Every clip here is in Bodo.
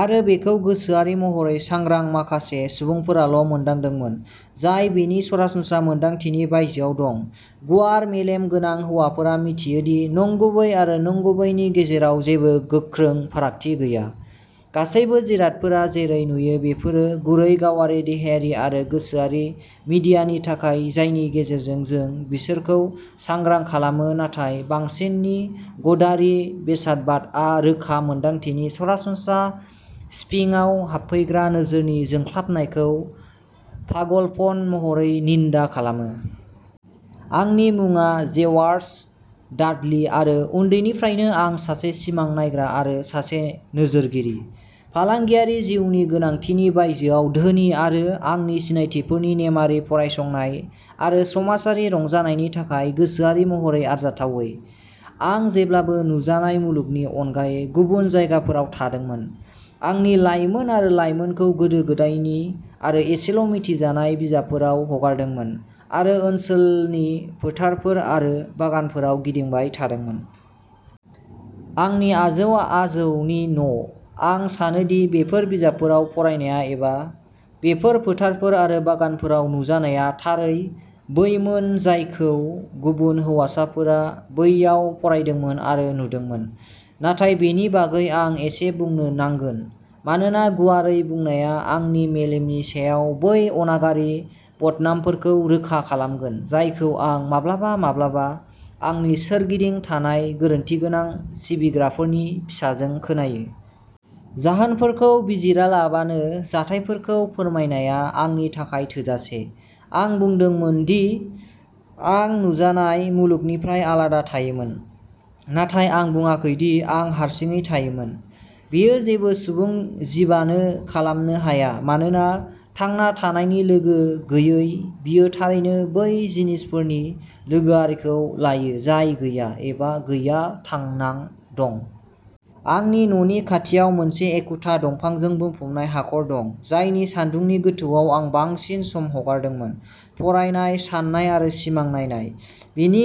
आरो बेखौ गोसोआरि महरै सांग्रां माखासे सुबुंफोराल' मोनदांदोंमोन, जाय बेनि सरासनस्रा मोन्दांथिनि बायजोआव दं। गुवार मेलेम गोनां हौवाफोरा मिथियो दि नंगुबै आरो नंगुबैनि गेजेराव जेबो गोख्रों फारागथि गैया, गासैबो जिरादफोरा जेरै नुयो बेफोरो गुरै गावारि देहायारि आरो गोसोआरि मिडियानि थाखाय जायनि गेजेरजों जों बिसोरखौ सांग्रां खालामो नाथाय बांसिननि गद्यारि बेसादबादआ रोखा मोनदांथिनि सरासनस्रा सिफिङाव हाबफैग्रा नोजोरनि जोंख्लाबनायखौ पागलपन महरै निन्दा खालामो। आंनि मुङा जेर्वास डाडली आरो उन्दैनिफ्रायनो आं सासे सिमां नायग्रा आरो सासे नोजोरगिरि। फालांगियारि जिउनि गोनांथिनि बायजोआव धोनि आरो आंनि सिनायथिफोरनि नेमआरि फरायसंनाय आरो समाजारि रंजानायनि थाखाय गोसोआरि महरै आरजाथावै, आं जेब्लाबो नुजानाय मुलुगनि अनगायै गुबुन जायगाफोराव थादोंमोन, आंनि लायमोन आरो लायमोनखौ गोदो गोदायनि आरो इसेल' मिथिजानाय बिजाबफोराव हगारदोंमोन आरो ओनसोलनि फोथारफोर आरो बागानफोराव गिदिंबाय थादोंमोन। आंनि आजौ आजौनि न'। आं सानो दि बेफोर बिजाबफोराव फरायनाया एबा बेफोर फोथारफोर आरो बागानफोराव नुजानाया थारै बैमोन जायखौ गुबुन हौवासाफोरा बैयाव फरायदोंमोन आरो नुदोंमोन, नाथाय बेनि बागै आं एसे बुंनो नांगोन, मानोना गुवारै बुंनाया आंनि मेलेमनि सायाव बै अनागारि बदनामफोरखौ रोखा खालामगोन जायखौ आं माब्लाबा माब्लाबा आंनि सोरगिदिं थानाय गोरोनथिगोनां सिबिग्राफोरनि फिसाजों खोनायो। जाहोनफोरखौ बिजिरालाबानो जाथायफोरखौ फोरमायनाया आंनि थाखाय थोजासे। आं बुंदोंमोन दि आं नुजानाय मुलुगनिफ्राय आलादा थायोमोन, नाथाय आं बुङाखै दि आं हारसिङै थायोमोन। बेयो जेबो सुबुं जिबानो खालामनो हाया, मानोना थांना थानायनि लोगो गैयै, बियो थारैनो बै जिनिसफोरनि लोगोआरिखौ लायो जाय गैया, एबा गैया, थांना दं। आंनि न'नि खाथियाव मोनसे एखुथा दंफांजों बुंफबनाय हाखर दं, जायनि सान्दुंनि गोथौआव आं बांसिन सम हगारदोंमोन, फरायनाय, साननाय आरो सिमां नायनाय। बेनि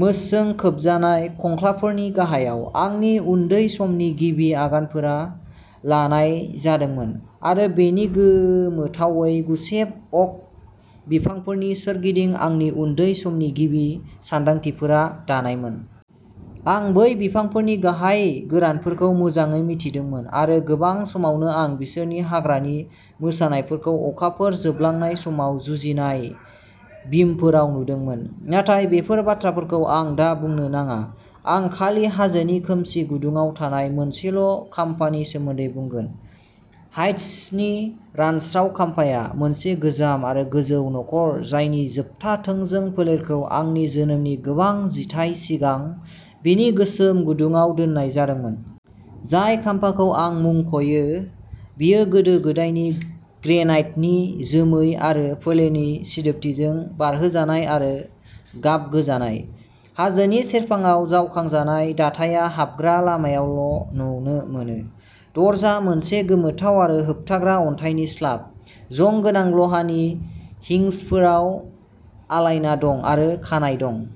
मोसजों खोबजानाय खंस्लायफोरनि गाहायाव। आंनि उन्दै समनि गिबि आगानफोरा लानाय जादोंमोन, आरो बेनि गोमोथावै गुसेब अक बिफांफोरनि सोरगिदिं आंनि उन्दै समनि गिबि सानदांथिफोरा दानायमोन। आं बै बिफांफोरनि गाहाय गोरानफोरखौ मोजाङै मिथिदोंमोन आरो गोबां समावनो आं बिसोरनि हाग्रानि मोसानायफोरखौ अखाफोर जोबलांनाय समाव जुजिनाय बिमफोराव नुदोंमोन, नाथाय बेफोर बाथ्राफोरखौ आं दा बुंनो नाङा। आं खालि हाजोनि खोमसि गुदुङाव थानाय मोनसेल' खाम्फानि सोमोन्दै बुंगोन, हाइड्सनि रानस्राव खाम्फाया, मोनसे गोजाम आरो गोजौ नखर जायनि जोबथा थोंजों फोलेरखौ आंनि जोनोमनि गोबां जिथाय सिगां बिनि गोसोम गुदुङाव दोननाय जादोंमोन। जाय खाम्फाखौ आं मुंख'यो बेयो गोदो गोदायनि ग्रेनाइटनि, जोमै आरो फोलेरनि सिदोबथिजों बारहोजानाय आरो गाबगोजानाय। हाजोनि सेरफाङाव जावखांजानाय, दाथाइया हाबग्रा लामायावल' नुनो मोनो। दरजा, मोनसे गोमोथाव आरो होबथाग्रा अन्थाइनि स्लाब, जं गोनां लहानि हिंजफोराव आलायना दं, आरो खानाय जादों।